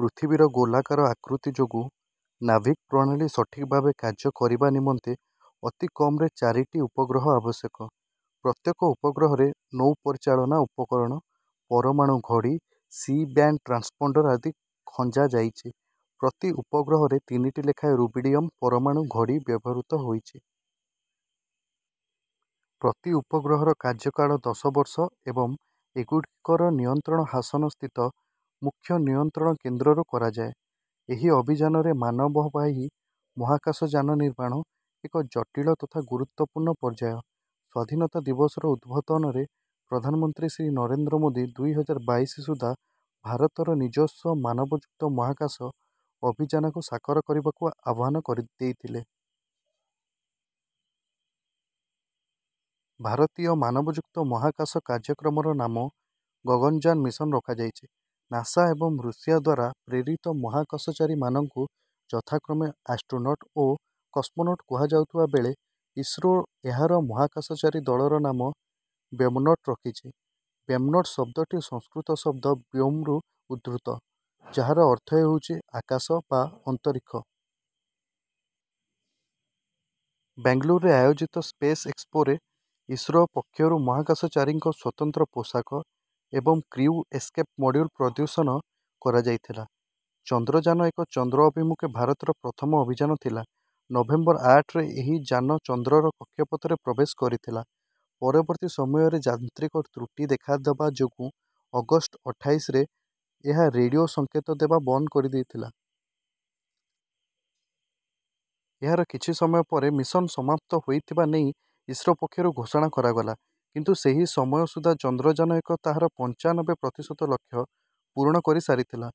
ପୃଥିବୀର ଗୋଲାକାର ଆକୃତି ଯୋଗୁଁ ନାଭିକ୍ ପ୍ରଣାଳୀ ସଠିକ୍ ଭାବେ କାର୍ଯ୍ୟ କରିବା ନିମନ୍ତେ ଅତି କମରେ ଚାରିଟି ଉପଗ୍ରହ ଆବଶ୍ୟକ। ପ୍ରତ୍ୟେକ ଉପଗ୍ରହରେ ନୌପରିଚାଳନା ଉପକରଣ, ପରମାଣୁ ଘଡ଼ି, ସି ବ୍ୟାଣ୍ଡ ଟ୍ରାନ୍ସପଣ୍ଡର ଆଦି ଖଞ୍ଜାଯାଇଛି। ପ୍ରତି ଉପଗ୍ରହରେ ତିନିଟି ଲେଖାଏଁ ରୁବିଡିୟମ୍ ପରମାଣୁ ଘଡ଼ି ବ୍ୟବହୃତ ହୋଇଛି। ପ୍ରତି ଉପଗ୍ରହର କାର୍ଯ୍ୟକାଳ ଦଶ ବର୍ଷ ଏବଂ ଏଗୁଡ଼ିକର ନିୟନ୍ତ୍ରଣ ହାସନ୍ ସ୍ଥିତ ମୁଖ୍ୟ ନିୟନ୍ତ୍ରଣ କେନ୍ଦ୍ରରୁ କରାଯାଏ। ଏହି ଅଭିଯାନରେ ମାନବବାହୀ ମହାକାଶଯାନ ନିର୍ମାଣ ଏକ ଜଟିଳ ତଥା ଗୁରୁତ୍ୱପୂର୍ଣ୍ଣ ପର୍ଯ୍ୟାୟ। ସ୍ୱାଧୀନତା ଦିବସର ଉଦ୍‌ବୋଧନରେ ପ୍ରଧାନମନ୍ତ୍ରୀ ଶ୍ରୀ ନରେନ୍ଦ୍ର ମୋଦୀ ଦୁଇ ହଜାର ବାଇଶ ସୁଦ୍ଧା ଭାରତର ନିଜସ୍ୱ ମାନବଯୁକ୍ତ ମହାକାଶ ଅଭିଯାନକୁ ସାକର କରିବାକୁ ଆହ୍ୱାନ କରି ଦେଇଥିଲେ। ଭାରତୀୟ ମାନବଯୁକ୍ତ ମହାକାଶ କାର୍ଯ୍ୟକ୍ରମର ନାମ ଗଗନଯାନ ମିଶନ୍ ରଖାଯାଇଛି। ନାସା ଏବଂ ରୁଷିଆ ଦ୍ୱାରା ପ୍ରେରିତ ମହାକାଶଚାରୀମାନଙ୍କୁ ଯଥାକ୍ରମେ ଆଷ୍ଟ୍ରୋନଟ୍ ଓ କସମୋନଟ୍ କୁହାଯାଉଥିବା ବେଳେ, ଇସ୍ରୋ ଏହାର ମହାକାଶଚାରୀ ଦଳର ନାମ ବ୍ୟୋମନଟ୍ ରଖିଛି। ବ୍ୟୋମନଟ୍ ଶବ୍ଦଟି ସଂସ୍କୃତ ଶବ୍ଦ ବ୍ୟୋମରୁ ଉଦ୍ଧୃତ, ଯାହାର ଅର୍ଥ ହେଉଛି ଆକାଶ ବା ଅନ୍ତରୀକ୍ଷ। ବ୍ୟାଙ୍ଗଲୁରରେ ଆୟୋଜିତ ସ୍ପେସ୍ ଏକ୍ସପୋରେ ଇସ୍ରୋ ପକ୍ଷରୁ ମହାକାଶଚାରୀଙ୍କ ସ୍ୱତନ୍ତ୍ର ପୋଷାକ ଏବଂ କ୍ରିଉ ଏସ୍‌କେପ୍ ମଡ୍ୟୁଲ୍ ପ୍ରଦୂଶନ କରାଯାଇଥିଲା। ଚନ୍ଦ୍ରଯାନ ଏକ ଚନ୍ଦ୍ର ଅଭିମୁଖେ ଭାରତର ପ୍ରଥମ ଅଭିଯାନ ଥିଲା। ନଭେମ୍ବର ଆଠରେ ଏହି ଯାନ ଚନ୍ଦ୍ରର କକ୍ଷପଥରେ ପ୍ରବେଶ କରିଥିଲା। ପରବର୍ତ୍ତୀ ସମୟରେ ଯାନ୍ତ୍ରିକ ତ୍ରୁଟି ଦେଖାଦେବା ଯୋଗୁଁ ଅଗଷ୍ଟ ଅଠାଇଶରେ ଏହା ରେଡିଓ ସଙ୍କେତ ଦେବା ବନ୍ଦ କରିଦେଇଥିଲା। ଏହାର କିଛି ସମୟ ପରେ ମିଶନ୍ ସମାପ୍ତ ହୋଇଥିବା ନେଇ ଇସ୍ରୋ ପକ୍ଷରୁ ଘୋଷଣା କରାଗଲା କିନ୍ତୁ ସେହି ସମୟ ସୁଦ୍ଧା ଚନ୍ଦ୍ରଯାନ ଏକ ତାହାର ପଞ୍ଚାନବେ ପ୍ରତିଶତ ଲକ୍ଷ୍ୟ ପୂରଣ କରିସାରିଥିଲା।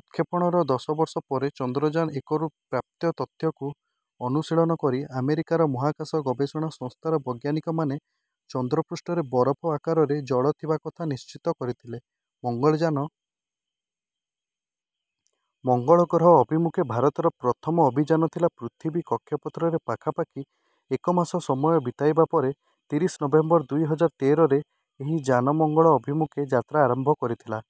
ଉତ୍‌କ୍ଷେପଣର ଦଶ ବର୍ଷ ପରେ ଚନ୍ଦ୍ରଯାନ ଏକରୁ ପ୍ରାପ୍ତ ତଥ୍ୟକୁ ଅନୁଶୀଳନ କରି ଆମେରିକାର ମହାକାଶ ଗବେଷଣା ସଂସ୍ଥାର ବୈଜ୍ଞାନିକମାନେ ଚନ୍ଦ୍ରପୃଷ୍ଠରେ ବରଫ ଆକାରରେ ଜଳ ଥିବା କଥା ନିଶ୍ଚିତ କରିଥିଲେ। ମଙ୍ଗଳଯାନ ମଙ୍ଗଳ ଗ୍ରହ ଅଭିମୁଖେ ଭାରତର ପ୍ରଥମ ଅଭିଯାନ ଥିଲା। ପୃଥିବୀ କକ୍ଷପଥରରେ ପାଖାପାଖି ଏକ ମାସ ସମୟ ବିତାଇବା ପରେ ତିରିଶ ନଭେମ୍ବର ଦୁଇ ହଜାର ତେରରେ ଏହି ଯାନ ମଙ୍ଗଳ ଅଭିମୁଖେ ଯାତ୍ରା ଆରମ୍ଭ କରିଥିଲା।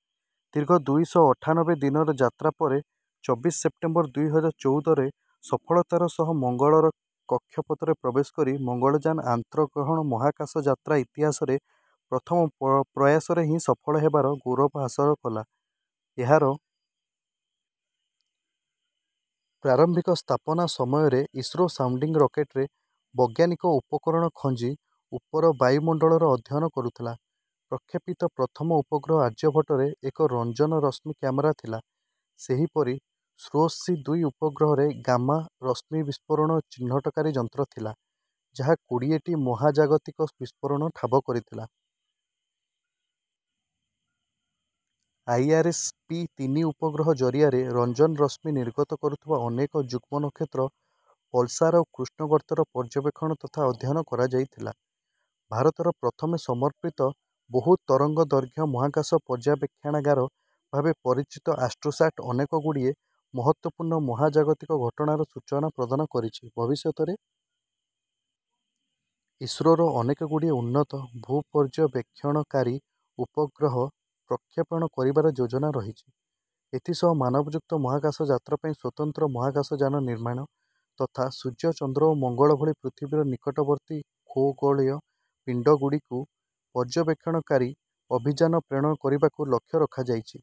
ଦୀର୍ଘ ଦୁଇ ଶହ ଅଠାନବେ ଦିନର ଯାତ୍ରା ପରେ ଚବିଶ ସେପ୍ଟେମ୍ବର ଦୁଇ ହଜାର ଚଉଦରେ ସଫଳତାର ସହ ମଙ୍ଗଳର କକ୍ଷପଥରେ ପ୍ରବେଶ କରି ମଙ୍ଗଳଯାନ ଆନ୍ତର୍ଗ୍ରହଣ ମହାକାଶ ଯାତ୍ରା ଇତିହାସରେ ପ୍ରଥମ ପ ପ୍ରୟାସରେ ହିଁ ସଫଳ ହେବାର ଗୌରବ ହାସଲ କଲା। ଏହାର ପ୍ରାରମ୍ଭିକ ସ୍ଥାପନା ସମୟରେ ଇସ୍ରୋ ସାଉଣ୍ଡିଂ ରକେଟ୍‌ରେ ବୈଜ୍ଞାନିକ ଉପକରଣ ଖଞ୍ଜି ଉପର ବାୟୁମଣ୍ଡଳର ଅଧ୍ୟୟନ କରୁଥିଲା। ପ୍ରକ୍ଷେପିତ ପ୍ରଥମ ଉପଗ୍ରହ ଆର୍ଯ୍ୟଭଟ୍ଟରେ ଏକ ରଞ୍ଜନ ରଶ୍ମି କ୍ୟାମେରା ଥିଲା। ସେହିପରି ସ୍ରୋସ୍ ସି ଦୁଇ ଉପଗ୍ରହରେ ଗାମା ରଶ୍ମି ବିସ୍ଫୋରଣ ଚିହ୍ନଟକାରୀ ଯନ୍ତ୍ର ଥିଲା, ଯାହା କୋଡ଼ିଏଟି ମହାଜାଗତିକ ବିସ୍ଫୋରଣ ଠାବ କରିଥିଲା। ଆଇଆର୍‌ଏସ୍ ପି ତିନି ଉପଗ୍ରହ ଜରିଆରେ ରଞ୍ଜନ ରଶ୍ମି ନିର୍ଗତ କରୁଥିବା ଅନେକ ଯୁଗ୍ମ ନକ୍ଷତ୍ର, ପଲସାର୍ ଓ କୃଷ୍ଣଗର୍ତ୍ତର ପର୍ଯ୍ୟବେକ୍ଷଣ ତଥା ଅଧ୍ୟୟନ କରାଯାଇଥିଲା। ଭାରତର ପ୍ରଥମ ସମର୍ପିତ ବହୁ ତରଙ୍ଗଦୈର୍ଘ୍ୟ ମହାକାଶ ପର୍ଯ୍ୟବେକ୍ଷଣାଗାର ଭାବେ ପରିଚିତ ଆଷ୍ଟ୍ରୋସାଟ୍ ଅନେକଗୁଡ଼ିଏ ମହତ୍ତ୍ୱପୂର୍ଣ୍ଣ ମହାଜାଗତିକ ଘଟଣାର ସୂଚନା ପ୍ରଦାନ କରିଛି। ଭବିଷ୍ୟତରେ ଇସ୍ରୋର ଅନେକଗୁଡ଼ିଏ ଉନ୍ନତ ଭୂପର୍ଯ୍ୟବେକ୍ଷଣକାରୀ ଉପଗ୍ରହ ପ୍ରକ୍ଷେପଣ କରିବାର ଯୋଜନା ରହିଛି। ଏଥିସହ ମାନବଯୁକ୍ତ ମହାକାଶ ଯାତ୍ରା ପାଇଁ ସ୍ୱତନ୍ତ୍ର ମହାକାଶଯାନ ନିର୍ମାଣ ତଥା ସୂର୍ଯ୍ୟ, ଚନ୍ଦ୍ର ଓ ମଙ୍ଗଳ ଭଳି ପୃଥିବୀର ନିକଟବର୍ତ୍ତୀ ଖଗୋଳୀୟ ପିଣ୍ଡଗୁଡ଼ିକୁ ପର୍ଯ୍ୟବେକ୍ଷଣକାରୀ ଅଭିଯାନ ପେଣ କରିବାକୁ ଲକ୍ଷ୍ୟ ରଖାଯାଇଛି।